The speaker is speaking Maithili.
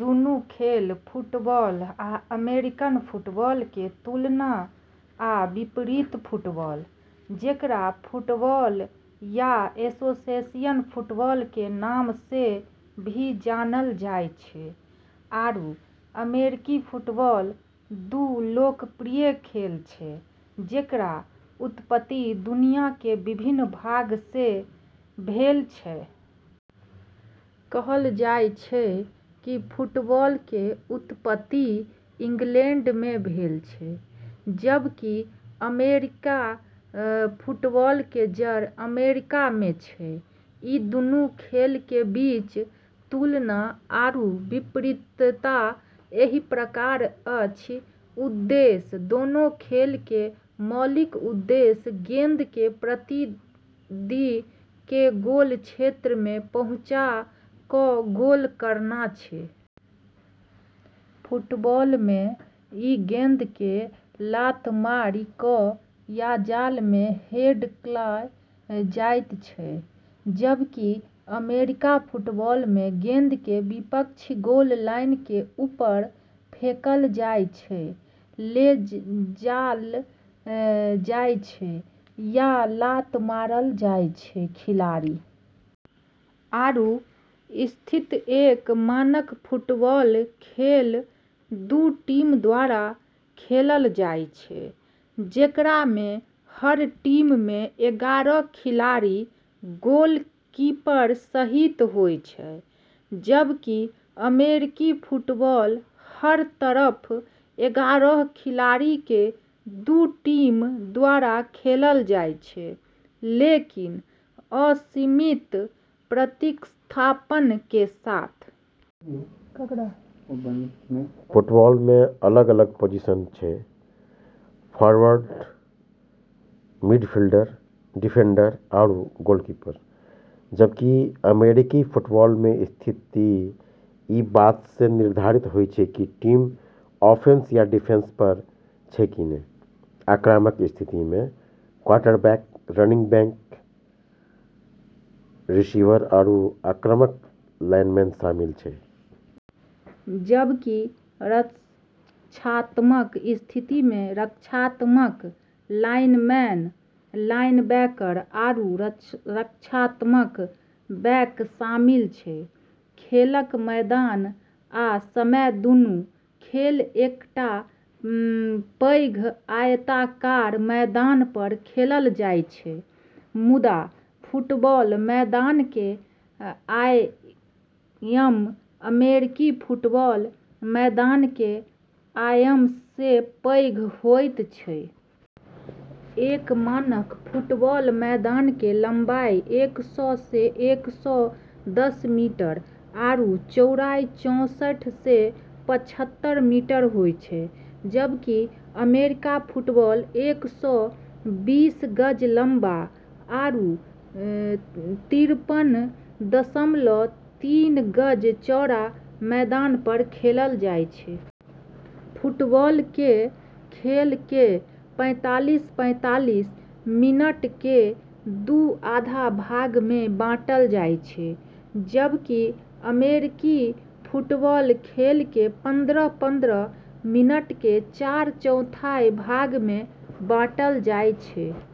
दुनू खेल - फुटबॉल आ अमेरिकन फुटबॉल - के तुलना आ विपरीतफुटबॉल, जेकरा फुटबॉल या एसोसिएशन फुटबॉल के नाम से भी जानल जाय छै, आरू अमेरिकी फुटबॉल, दू लोकप्रिय खेल छै जेकर उत्पत्ति दुनिया के विभिन्न भाग से भेल छेलै। कहल जाय छै कि फुटबॉल के उत्पत्ति इंग्लैंड में भेल छै, जबकि अमेरिकी फुटबॉल के जड़ अमेरिका में छै। ई दूनू खेल के बीच तुलना आरू विपरीतता एहि प्रकार अछि। उद्देश्य दोनों खेल के मौलिक उद्देश्य गेंद के प्रतिद्वंदी के गोल क्षेत्र में पहुँचाय क गोल करना छै। फुटबॉल में ई गेंद के लात मारि क या जाल में हेड कयल जाइत अछि। जबकि अमेरिकी फुटबॉल में गेंद के विपक्षी गोल लाइन के ऊपर फेंकल जाय छै, ले जायल जाय छै या लात मारल जाय छै। खिलाड़ी आरू स्थितिएक मानक फुटबॉल खेल दू टीम द्वारा खेलल जाय छै, जेकरा में हर टीम में एगारह खिलाड़ी गोलकीपर सहित होय छै। जबकि अमेरिकी फुटबॉल हर तरफ एगारह खिलाड़ी के दू टीम द्वारा खेलल जाय छै, लेकिन असीमित प्रतिस्थापन के साथ। फुटबॉल में अलग-अलग पोजीशन छै। फोरवर्ड, मिडफील्डर, डिफेंडर आरू गोलकीपर। जबकि अमेरिकी फुटबॉल में स्थिति ई बात से निर्धारित होय छै कि टीम आफैंस या डिफेंस पर छै कि नै। आक्रामक स्थिति में क्वार्टरबैक, रनिंग बैक, रिसीवर आरू आक्रामक लाइनमैन शामिल छै। जबकि रक्षात्मक स्थिति में रक्षात्मक लाइनमैन, लाइनबैकर आरू रक्षात्मक बैक शामिल छै। खेलक मैदान आ समयदुनू खेल एकटा पैघ आयताकार मैदान पर खेलल जाइत अछि, मुदा फुटबॉल मैदान के आयाम अमेरिकी फुटबॉल मैदान के आयाम से पैघ होइत अछि। एक मानक फुटबॉल मैदान के लम्बाई एक सौ से एक सौ दस मीटर आरू चौड़ाई चौंसठ से पचहत्तर मीटर होय छै। जबकि अमेरिकी फुटबॉल एक सौ बीस गज लम्बा आरू तिरपन दशमलव तीन गज चौड़ा मैदान पर खेलल जाय छै। फुटबॉल के खेल के पैंतालीस पैंतालीस मिनट के दू आधा भाग में बाँटल जाय छै। जबकि अमेरिकी फुटबॉल खेल के पंद्रह पंद्रह मिनट के चार चौथाई भाग में बाँटल जाय छै।